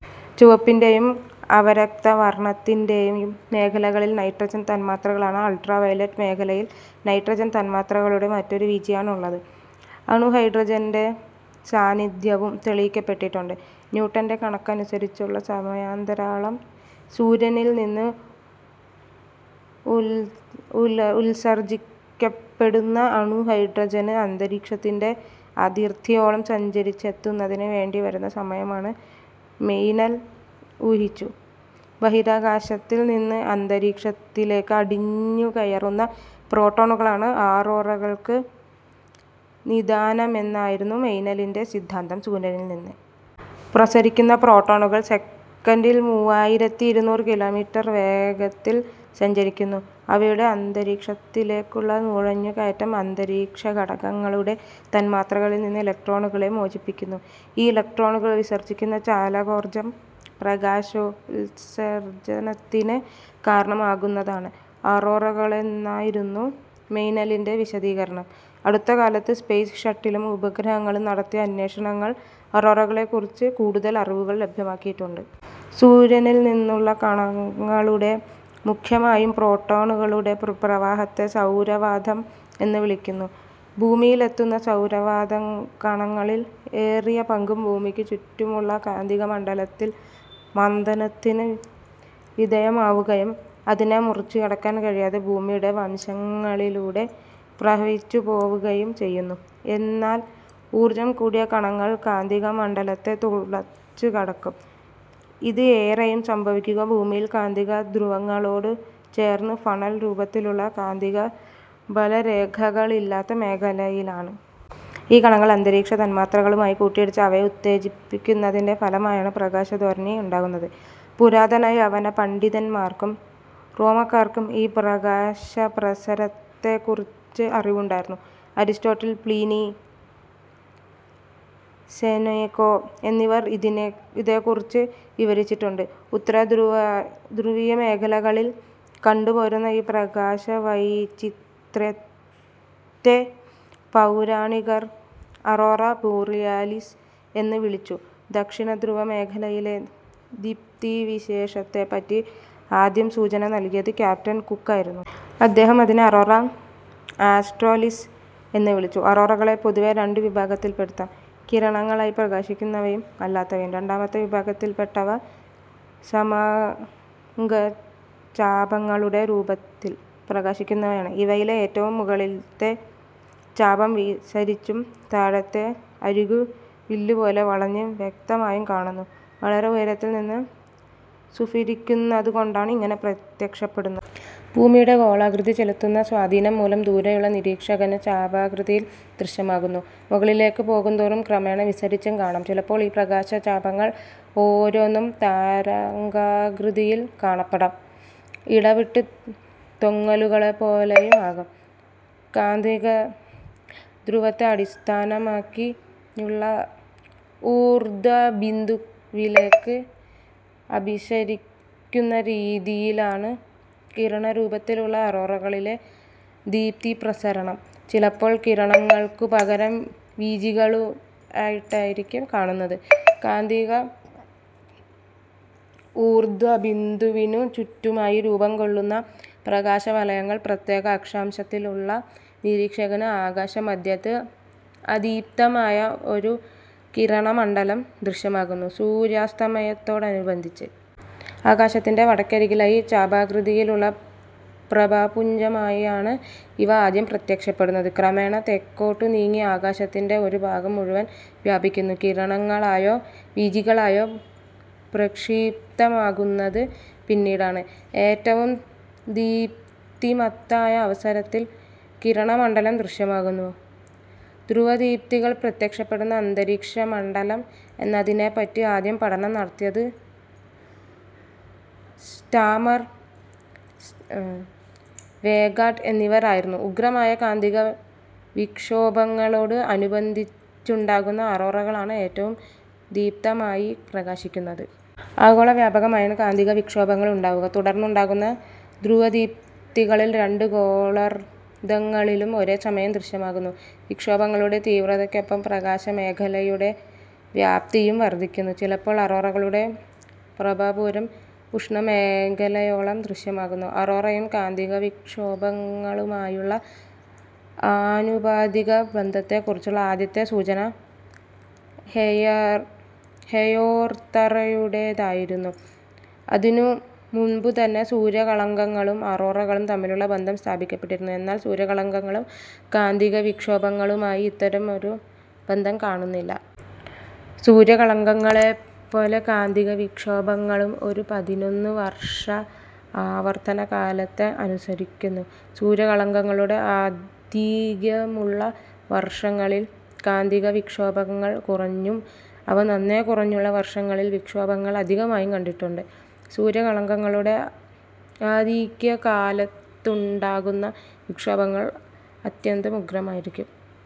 ചുവപ്പിൻ്റെ യും അവരക്തവർണത്തിൻ്റെ യും മേഖലകളിൽ നൈട്രജൻ തന്മാത്രകളാണ്. അൾട്രാവയലറ്റ് മേഖലയിൽ നൈട്രജൻ തന്മാത്രകളുടെ മറ്റൊരു വീചിയാണുള്ളത്. അണുഹൈഡ്രജൻ്റെ സാന്നിധ്യവും തെളിയിക്കപ്പെട്ടിട്ടുണ്ട്. ന്യൂട്ടൻ്റെ കണക്കനുസരിച്ചുള്ള സമയാന്തരാളം സൂര്യനിൽനിന്ന് ഉള്ഉത്സർജിക്കപ്പെടുന്ന അണുഹൈഡ്രജന് അന്തരീക്ഷത്തിൻ്റെ അതിർത്തിയോളം സഞ്ചരിച്ചെത്തുന്നതിന് വേണ്ടിവരുന്ന സമയമാണെന്ന് മെയ്നെൽ ഊഹിച്ചു. ബഹിരാകാശത്തിൽ നിന്ന് അന്തരീക്ഷത്തിലേക്ക് അടിഞ്ഞുകയറുന്ന പ്രോട്ടോണുകളാണ് അറോറകൾക്ക് നിദാനമെന്നായിരുന്നു മെയ്നെലിൻ്റെ സിദ്ധാന്തം. സൂര്യനിൽനിന്ന് പ്രസരിക്കുന്ന പ്രോട്ടോണുകൾ സെക്കൻഡിൽ മൂവായിരത്തി ഇരുനൂറ് കിലോമീറ്റർ വേഗത്തിൽ സഞ്ചരിക്കുന്നു. അവയുടെ അന്തരീക്ഷത്തിലേക്കുള്ള നുഴഞ്ഞുകയറ്റം അന്തരീക്ഷഘടകങ്ങളുടെ തന്മാത്രകളിൽനിന്ന് ഇലക്ട്രോണുകളെ മോചിപ്പിക്കുന്നു. ഈ ഇലക്ട്രോണുകൾ വിസർജിക്കുന്ന ചാലകോർജം പ്രകാശോത്സർജനത്തിന് കാരണമാകുന്നതാണ് അറോറകളെന്നായിരുന്നു മെയ്നെലിൻ്റെ വിശദീകരണം. അടുത്തകാലത്ത് സ്പേസ് ഷട്ടിലും ഉപഗ്രഹങ്ങളും നടത്തിയ അന്വേഷണങ്ങൾ അറോറകളെക്കുറിച്ച് കൂടുതൽ അറിവുകൾ ലഭ്യമാക്കിയിട്ടുണ്ട്. സൂര്യനിൽനിന്നുള്ള കണങ്ങളുടെ, മുഖ്യമായും പ്രോട്ടോണുകളുടെ, പ്രവാഹത്തെ സൗരവാതം എന്നു വിളിക്കുന്നു. ഭൂമിയിലെത്തുന്ന സൗരവാതകണങ്ങളിൽ ഏറിയപങ്കും ഭൂമിക്കു ചുറ്റുമുള്ള കാന്തികമണ്ഡലത്തിൽ മന്ദനത്തിന് വിധേയമാവുകയും അതിനെ മുറിച്ചുകടക്കാൻ കഴിയാതെ ഭൂമിയുടെ വശങ്ങളിലൂടെ പ്രവഹിച്ചുപോവുകയും ചെയ്യുന്നു. എന്നാൽ ഊർജം കൂടിയ കണങ്ങൾ കാന്തികമണ്ഡലത്തെ തുളച്ചുകടക്കും. ഇത് ഏറെയും സംഭവിക്കുക ഭൂമിയുടെ കാന്തികധ്രുവങ്ങളോടു ചേർന്ന് ഫണൽ രൂപത്തിലുള്ള കാന്തികബലരേഖകളില്ലാത്ത മേഖലയിലാണ്. ഈ കണങ്ങൾ അന്തരീക്ഷതന്മാത്രകളുമായി കൂട്ടിയിടിച്ച് അവയെ ഉത്തേജിപ്പിക്കുന്നതിൻ്റെ ഫലമായാണ് പ്രകാശധോരണി ഉണ്ടാകുന്നത്. പുരാതന യവനപണ്ഡിതന്മാർക്കും റോമാക്കാർക്കും ഈ പ്രകാശപ്രസരത്തെക്കുറിച്ച് അറിവുണ്ടായിരുന്നു. അരിസ്റ്റോട്ടൽ, പ്ലിനി, സെനേക്കാ എന്നിവർ ഇതേക്കുറിച്ച് വിവരിച്ചിട്ടുണ്ട്. ഉത്തരധ്രുവീയമേഖലകളിൽ കണ്ടുപോരുന്ന ഈ പ്രകാശവൈചിത്ര്യത്തെ പൗരാണികർ അറോറാ ബോറിയാലിസ് എന്നു വിളിച്ചു. ദക്ഷിണധ്രുവമേഖലയിലെ ദീപ്തിവിശേഷത്തെപ്പറ്റി ആദ്യം സൂചന നൽകിയത് ക്യാപ്റ്റൻ കുക്ക് ആയിരുന്നു. അദ്ദേഹം അതിനെ അറോറാ ആസ്റ്റ്രേലിസ് എന്നു വിളിച്ചു. അറോറകളെ പൊതുവേ രണ്ടു വിഭാഗത്തിൽപ്പെടുത്താം, കിരണങ്ങളായി പ്രകാശിക്കുന്നവയും അല്ലാത്തവയും. രണ്ടാമത്തെ വിഭാഗത്തിൽപ്പെട്ടവ സമാംഗചാപങ്ങളുടെ രൂപത്തിൽ പ്രകാശിക്കുന്നവയാണ്. ഇവയിലെ ഏറ്റവും മുകളിലത്തെ ചാപം വിസരിച്ചും താഴത്തെ അരികു വില്ലുപോലെ വളഞ്ഞ് വ്യക്തമായും കാണുന്നു. വളരെ ഉയരത്തിൽനിന്ന് സ്ഫുരിക്കുന്നതുകൊണ്ടാണ് ഇങ്ങനെ പ്രത്യക്ഷപ്പെടുന്നത്. ഭൂമിയുടെ ഗോളാകൃതി ചെലുത്തുന്ന സ്വാധീനംമൂലം ദൂരെയുള്ള നിരീക്ഷകന് ചാപാകൃതിയിൽ ദൃശ്യമാകുന്നു. മുകളിലേക്കു പോകുന്തോറും ക്രമേണ വിസരിച്ചും കാണാം. ചിലപ്പോൾ ഈ പ്രകാശചാപങ്ങൾ ഓരോന്നും തരംഗാകൃതിയിൽ കാണപ്പെടാം. ഇടവിട്ട് തൊങ്ങലുകളെപ്പോലെയുമാകാം. കാന്തികധ്രുവത്തെ അടിസ്ഥാനമാക്കിയുള്ള ഊർധ്വബിന്ദുവിലേക്ക് അഭിസരിക്കുന്ന രീതിയിലാണ് കിരണരൂപത്തിലുള്ള അറോറകളിലെ ദീപ്തിപ്രസരണം. ചിലപ്പോൾ കിരണങ്ങൾക്കുപകരം വീചികളായിട്ടായിരിക്കും കാണുന്നത്. കാന്തിക ഊർധ്വബിന്ദുവിനു ചുറ്റുമായി രൂപംകൊള്ളുന്ന പ്രകാശവലയങ്ങൾ പ്രത്യേക അക്ഷാംശത്തിലുള്ള നിരീക്ഷകന് ആകാശമധ്യത്ത് അതിദീപ്തമായ ഒരു കിരണമണ്ഡലം ദൃശ്യമാക്കുന്നു. സൂര്യാസ്തമയത്തോടനുബന്ധിച്ച് ആകാശത്തിൻ്റെ വടക്കരികിലായി ചാപാകൃതിയിലുള്ള പ്രഭാപുഞ്ജമായാണ് ഇവ ആദ്യം പ്രത്യക്ഷപ്പെടുന്നത്. ക്രമേണ തെക്കോട്ടുനീങ്ങി ആകാശത്തിൻ്റെ ഒരു ഭാഗം മുഴുവൻ വ്യാപിക്കുന്നു. കിരണങ്ങളായോ വീചികളായോ പ്രക്ഷിപ്തമാകുന്നത് പിന്നീടാണ്. ഏറ്റവും ദീപ്തിമത്തായ അവസരത്തിൽ കിരണമണ്ഡലം ദൃശ്യമാകുന്നു. ധ്രുവദീപ്തികൾ പ്രത്യക്ഷപ്പെടുന്ന അന്തരീക്ഷമണ്ഡലം ഏതെന്നതിനെപ്പറ്റി ആദ്യം പഠനം നടത്തിയത് സ്റ്റാമർ, വേഗാഡ് എന്നിവരായിരുന്നു. ഉഗ്രമായ കാന്തികവിക്ഷോഭങ്ങളോട് അനുബന്ധിച്ചുണ്ടാകുന്ന അറോറകളാണ് ഏറ്റവും ദീപ്തമായി പ്രകാശിക്കുന്നത്. ആഗോളവ്യാപകമായാണ് കാന്തികവിക്ഷോഭങ്ങൾ ഉണ്ടാവുക. തുടർന്നുണ്ടാകുന്ന ധ്രുവദീപ്തികൾ രണ്ടു ഗോളാർധങ്ങളിലും ഒരേസമയം ദൃശ്യമാകുന്നു. വിക്ഷോഭങ്ങളുടെ തീവ്രതയ്ക്കൊപ്പം പ്രകാശമേഖലയുടെ വ്യാപ്തിയും വർധിക്കുന്നു. ചിലപ്പോൾ അറോറകളുടെ പ്രഭാപൂരം ഉഷ്ണമേഖലയോളം ദൃശ്യമാകുന്നു. അറോറയും കാന്തികവിക്ഷോഭങ്ങളുമായുള്ള ആനുപാതികബന്ധത്തെക്കുറിച്ചുള്ള ആദ്യത്തെ സൂചന ഹെയർ ഹെയോർതറുടേതായിരുന്നു. അതിനുമുൻപുതന്നെ സൂര്യകളങ്കങ്ങളും അറോറകളും തമ്മിലുള്ള ബന്ധം സ്ഥാപിക്കപ്പെട്ടിരുന്നു. എന്നാൽ സൂര്യകളങ്കങ്ങളും കാന്തികവിക്ഷോഭങ്ങളുമായി ഇത്തരമൊരു ബന്ധം കാണുന്നില്ല. സൂര്യകളങ്കങ്ങളെപ്പോലെ കാന്തികവിക്ഷോഭങ്ങളും ഒരു പതിനൊന്നുവർഷ ആവർത്തനകാലത്തെ അനുസരിക്കുന്നു. സൂര്യകളങ്കങ്ങളുടെ ആധിക്യമുള്ള വർഷങ്ങളിൽ കാന്തികവിക്ഷോഭങ്ങൾ കുറഞ്ഞും അവ നന്നേ കുറഞ്ഞുള്ള വർഷങ്ങളിൽ വിക്ഷോഭങ്ങൾ അധികമായും കണ്ടിട്ടുണ്ട്. സൂര്യകളങ്കങ്ങളുടെ ആധിക്യകാലത്തുണ്ടാകുന്ന വിക്ഷോഭങ്ങൾ അത്യന്തം ഉഗ്രമായിരിക്കും.